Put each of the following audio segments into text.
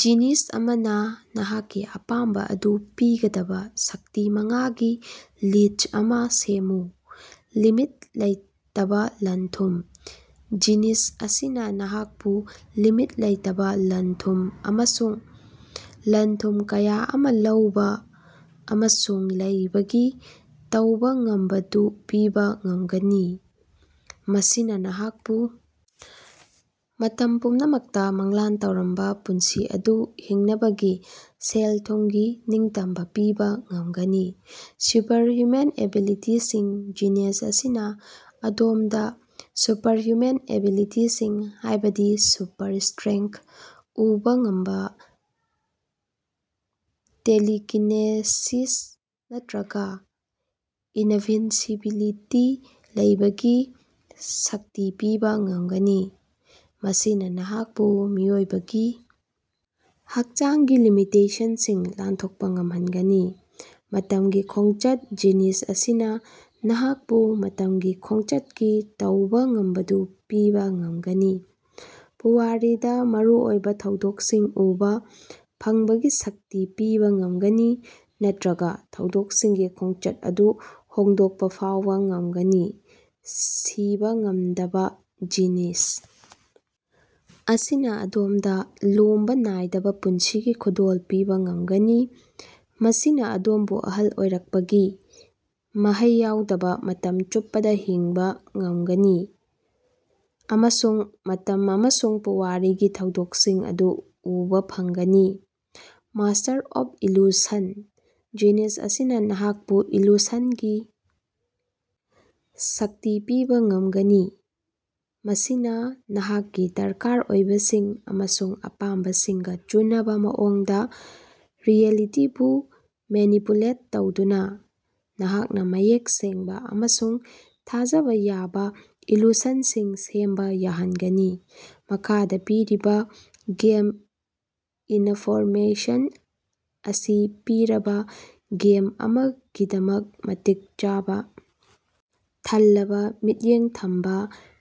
Genius ꯑꯃꯅ ꯅꯍꯥꯛꯀꯤ ꯑꯄꯥꯝꯕ ꯑꯗꯨ ꯄꯤꯒꯗꯕ ꯁꯛꯇꯤ ꯃꯉꯥꯒꯤ ꯂꯤꯁ꯭ꯠ ꯑꯃ ꯁꯦꯝꯃꯨ꯫ ꯂꯤꯃꯤꯠ ꯂꯩꯇꯕ ꯂꯟ-ꯊꯨꯝ: ꯖꯤꯅꯤꯁ ꯑꯁꯤꯅ ꯅꯍꯥꯛꯄꯨ ꯂꯤꯃꯤꯠ ꯂꯩꯇꯕ ꯂꯟ-ꯊꯨꯝ ꯑꯃꯁꯨꯡ ꯂꯟ-ꯊꯨꯝ ꯀꯌꯥ ꯑꯃ ꯂꯧꯕ ꯑꯃꯁꯨꯡ ꯂꯩꯕꯒꯤ ꯇꯧꯕ ꯉꯝꯕꯗꯨ ꯄꯤꯕ ꯉꯝꯒꯅꯤ꯫ ꯃꯁꯤꯅ ꯅꯍꯥꯛꯄꯨ ꯃꯇꯝ ꯄꯨꯝꯅꯃꯛꯇ ꯃꯪꯂꯥꯟ ꯇꯧꯔꯝꯕ ꯄꯨꯟꯁꯤ ꯑꯗꯨ ꯍꯤꯡꯅꯕꯒꯤ ꯁꯦꯜ-ꯊꯨꯝꯒꯤ ꯅꯤꯡꯇꯝꯕ ꯄꯤꯕ ꯉꯝꯒꯅꯤ꯫ ꯁꯨꯄꯔꯍꯌ꯭ꯨꯃꯦꯟ ꯑꯦꯕꯤꯂꯤꯇꯤꯁꯤꯡ ꯖꯤꯅꯤꯁ ꯑꯁꯤꯅ ꯑꯗꯣꯝꯗ ꯁꯨꯄꯔꯍ꯭ꯌꯨꯃꯦꯟ ꯑꯦꯕꯤꯂꯤꯇꯤꯁꯤꯡ ꯍꯥꯏꯕꯗꯤ ꯁꯨꯄꯔ ꯁ꯭ꯇꯔꯦꯡꯊ, ꯎꯕ ꯉꯝꯕ, ꯇꯦꯂꯤꯀꯤꯅꯦꯁꯤꯁ ꯅꯠꯇ꯭ꯔꯒ ꯏꯅꯚꯤꯟꯁꯤꯕꯤꯂꯤꯇꯤ ꯂꯩꯕꯒꯤ ꯁꯛꯇꯤ ꯄꯤꯕ ꯉꯝꯒꯅꯤ꯫ ꯃꯁꯤꯅ ꯅꯍꯥꯛꯄꯨ ꯃꯤꯑꯣꯏꯕꯒꯤ ꯍꯛꯆꯥꯡꯒꯤ ꯂꯤꯃꯤꯇꯦꯁꯟꯁꯤꯡ ꯂꯥꯟꯊꯣꯛꯄ ꯉꯝꯍꯟꯒꯅꯤ꯫ ꯃꯇꯝꯒꯤ ꯈꯣꯡꯆꯠ: ꯖꯤꯅꯤꯁ ꯑꯁꯤꯅ ꯅꯍꯥꯛꯄꯨ ꯃꯇꯝꯒꯤ ꯈꯣꯡꯆꯠꯀꯤ ꯇꯧꯕ ꯉꯝꯕꯗꯨ ꯄꯤꯕꯥ ꯉꯝꯒꯅꯤ꯫ ꯄꯨꯋꯥꯔꯤꯗ ꯃꯔꯨꯑꯣꯏꯕ ꯊꯧꯗꯣꯛꯁꯤꯡ ꯎꯕ ꯐꯪꯕꯒꯤ ꯁꯛꯇꯤ ꯄꯤꯕ ꯉꯝꯒꯅꯤ ꯅꯠꯇ꯭ꯔꯒ ꯊꯧꯗꯣꯛꯁꯤꯡꯒꯤ ꯈꯣꯡꯆꯠ ꯑꯗꯨ ꯍꯣꯡꯗꯣꯛꯄ ꯐꯥꯎꯕ ꯉꯝꯒꯅꯤ꯫ ꯁꯤꯕ ꯉꯝꯗꯕ: ꯖꯤꯅꯤꯁ ꯑꯁꯤꯅ ꯑꯗꯣꯝꯗ ꯂꯣꯝꯕ ꯅꯥꯏꯗꯕ ꯄꯨꯟꯁꯤꯒꯤ ꯈꯨꯗꯣꯜ ꯄꯤꯕ ꯉꯝꯒꯅꯤ꯫ ꯃꯁꯤꯅ ꯑꯗꯣꯝꯕꯨ ꯑꯍꯜ ꯑꯣꯏꯔꯛꯄꯒꯤ ꯃꯍꯩ ꯌꯥꯎꯗꯅ ꯃꯇꯝ ꯆꯨꯞꯄꯗ ꯍꯤꯡꯕ ꯉꯝꯒꯅꯤ꯫ ꯑꯃꯁꯨꯡ ꯃꯇꯝ ꯑꯃꯁꯨꯡ ꯄꯨꯋꯥꯔꯤꯒꯤ ꯊꯧꯗꯣꯛꯁꯤꯡ ꯑꯗꯨ ꯎꯕ ꯐꯪꯒꯅꯤ꯫ ꯃꯥꯁ꯭ꯇꯔ ꯑꯣꯐ ꯏꯜꯂꯨꯁꯟ: ꯖꯤꯅꯤꯁ ꯑꯁꯤꯅ ꯅꯍꯥꯛꯄꯨ ꯏꯜꯂꯨꯁꯟꯒꯤ ꯁꯛꯇꯤ ꯄꯤꯕ ꯉꯝꯒꯅꯤ꯫ ꯃꯁꯤꯅ ꯅꯍꯥꯛꯀꯤ ꯗꯔꯀꯥꯔ ꯑꯣꯏꯕꯁꯤꯡ ꯑꯃꯁꯨꯡ ꯑꯄꯥꯝꯕꯁꯤꯡꯒ ꯆꯨꯅꯕ ꯃꯑꯣꯡꯗ ꯔꯤꯑꯦꯂꯤꯇꯤꯕꯨ ꯃꯦꯅꯤꯄꯨꯂꯦꯠ ꯇꯧꯗꯨꯅ ꯅꯍꯥꯛꯅ ꯃꯌꯦꯛ ꯁꯦꯡꯕ ꯑꯃꯁꯨꯡ ꯊꯥꯖꯕꯥ ꯌꯥꯕꯥ ꯏꯜꯂꯨꯁꯟꯁꯤꯡ ꯁꯦꯝꯕ ꯌꯥꯍꯟꯒꯅꯤ꯫ ꯃꯈꯥꯗ ꯄꯤꯔꯤꯕ ꯒꯦꯝ ꯏꯅꯐꯣꯔꯃꯦꯁꯟ ꯑꯁꯤ ꯄꯤꯔꯕ ꯒꯦꯝ ꯑꯃꯒꯤꯗꯃꯛ ꯃꯇꯤꯛ ꯆꯥꯕ ꯊꯜꯂꯕ ꯃꯤꯠꯌꯦꯡ ꯊꯝꯕ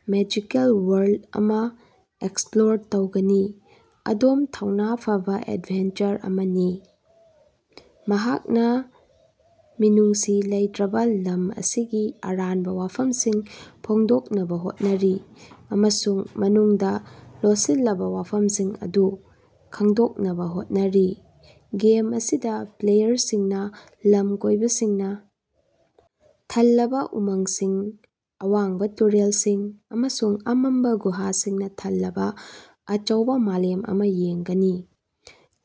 ꯃꯦꯖꯤꯀꯦꯜ ꯋꯥꯔꯜꯗ ꯑꯃ ꯑꯦꯛꯄ꯭ꯂꯣꯔ ꯇꯧꯒꯅꯤ꯫ ꯑꯗꯣꯝ ꯊꯧꯅꯥ ꯐꯕ ꯑꯦꯗꯚꯦꯟꯆꯔ ꯑꯃꯅꯤ꯫ ꯃꯍꯥꯛꯅ ꯃꯤꯅꯨꯡꯁꯤ ꯂꯩꯇ꯭ꯔꯕ ꯂꯝ ꯑꯁꯤꯒꯤ ꯑꯔꯥꯟꯕ ꯋꯥꯐꯝꯁꯤꯡ ꯐꯣꯡꯗꯣꯛꯅꯕ ꯍꯣꯠꯅꯔꯤ꯫ ꯑꯃꯁꯨꯡ ꯃꯅꯨꯡꯗ ꯂꯣꯠꯁꯤꯜꯂꯕ ꯋꯥꯐꯝꯁꯤꯡ ꯑꯗꯨ ꯈꯪꯗꯣꯛꯅꯕ ꯍꯣꯠꯅꯔꯤ꯫ ꯒꯦꯝ ꯑꯁꯤꯗ ꯄ꯭ꯂꯦꯌꯔꯁꯤꯡꯅ ꯂꯝꯀꯣꯏꯕꯁꯤꯡꯅ ꯊꯜꯂꯕ ꯎꯃꯪꯁꯤꯡ, ꯑꯋꯥꯡꯕꯥ ꯇꯨꯔꯦꯜꯁꯤꯡ ꯑꯃꯁꯨꯡ ꯑꯃꯝꯕ ꯒꯨꯍꯥꯁꯤꯡꯅ ꯊꯜꯂꯕ ꯑꯆꯧꯕ ꯃꯥꯂꯦꯝ ꯑꯃ ꯌꯦꯡꯒꯅꯤ꯫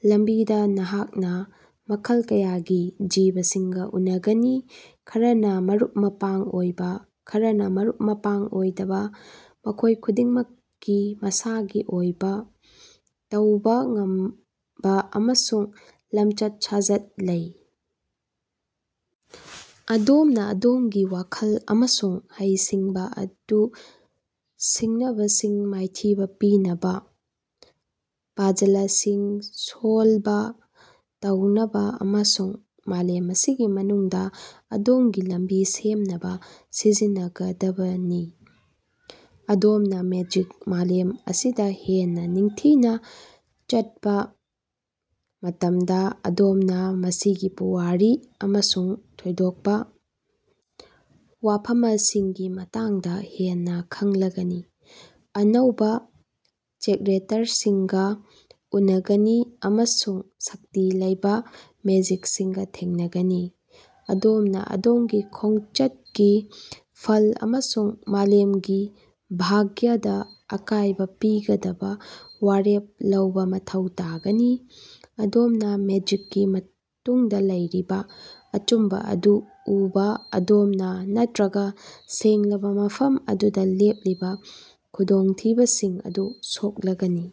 ꯂꯝꯕꯤꯗ ꯅꯍꯥꯛꯅ ꯃꯈꯜ ꯀꯌꯥꯒꯤ ꯖꯤꯕꯁꯤꯡꯒ ꯎꯅꯒꯅꯤ ꯈꯔꯅ ꯃꯔꯨꯞ-ꯃꯄꯥꯡ ꯑꯣꯏꯕ ꯈꯔꯅ ꯃꯔꯨꯞ-ꯃꯄꯥꯡ ꯑꯣꯏꯗꯕ ꯃꯈꯣꯏ ꯈꯨꯗꯤꯡꯃꯛꯀꯤ ꯃꯁꯥꯒꯤ ꯑꯣꯏꯕ ꯇꯧꯕ ꯉꯝꯕ ꯑꯃꯁꯨꯡ ꯂꯝꯆꯠ-ꯁꯥꯖꯠ ꯂꯩ꯫ ꯑꯗꯣꯝꯅ ꯑꯗꯣꯝꯒꯤ ꯋꯥꯈꯜ ꯑꯃꯁꯨꯡ ꯍꯩꯁꯤꯡꯕꯥ ꯑꯗꯨ ꯁꯤꯡꯅꯕꯁꯤꯡ ꯃꯥꯏꯊꯤꯕ ꯄꯤꯅꯕ ꯄꯥꯖꯂꯁꯤꯡ ꯁꯣꯜꯕ ꯇꯧꯅꯕ ꯑꯃꯁꯨꯡ ꯃꯥꯂꯦꯝ ꯑꯁꯤꯒꯤ ꯃꯅꯨꯡꯗ ꯑꯗꯣꯝꯒꯤ ꯂꯝꯕꯤ ꯁꯦꯝꯅꯕ ꯁꯤꯖꯤꯟꯅꯒꯗꯕꯅꯤ꯫ ꯑꯗꯣꯝꯅ ꯃꯦꯖꯤꯛ ꯃꯥꯂꯦꯝ ꯑꯁꯤꯗ ꯍꯦꯟꯅ ꯅꯤꯡꯊꯤꯅ ꯆꯠꯄ ꯃꯇꯝꯗ ꯑꯗꯣꯝꯅ ꯃꯁꯤꯒꯤ ꯄꯨꯋꯥꯔꯤ ꯑꯃꯁꯨꯡ ꯊꯣꯏꯗꯣꯛꯄ ꯋꯥꯐꯃꯁꯤꯡꯒꯤ ꯃꯇꯥꯡꯗ ꯍꯦꯟꯅ ꯈꯪꯂꯒꯅꯤ꯫ ꯑꯅꯧꯕ ꯆꯦꯛꯔꯦꯇꯔꯁꯤꯡꯒ ꯎꯅꯒꯅꯤ ꯑꯃꯁꯨꯡ ꯁꯛꯇꯤ ꯂꯩꯕ ꯃꯦꯖꯤꯛꯁꯤꯡꯒ ꯊꯦꯡꯅꯒꯅꯤ꯫ ꯑꯗꯣꯝꯅ ꯑꯗꯣꯝꯒꯤ ꯈꯣꯡꯆꯠꯀꯤ ꯐꯜ ꯑꯃꯁꯨꯡ ꯃꯥꯂꯦꯝꯒꯤ ꯚꯥꯒ꯭ꯌꯗ ꯑꯀꯥꯏꯕ ꯄꯤꯒꯗꯕ ꯋꯥꯔꯦꯞ ꯂꯧꯕ ꯃꯊꯧ ꯇꯥꯒꯅꯤ꯫ ꯑꯗꯣꯝꯅ ꯃꯦꯖꯤꯛꯀꯤ ꯃꯇꯨꯡꯗ ꯂꯩꯔꯤꯕ ꯑꯆꯨꯝꯕ ꯑꯗꯨ ꯎꯕ ꯑꯗꯣꯝꯅ ꯅꯠꯇ꯭ꯔꯒ ꯁꯦꯡꯂꯕ ꯃꯐꯝ ꯑꯗꯨꯗ ꯂꯦꯞꯂꯤꯕ ꯈꯨꯗꯣꯡꯊꯤꯕꯁꯤꯡ ꯑꯗꯨꯗ ꯁꯣꯛꯂꯒꯅꯤ꯫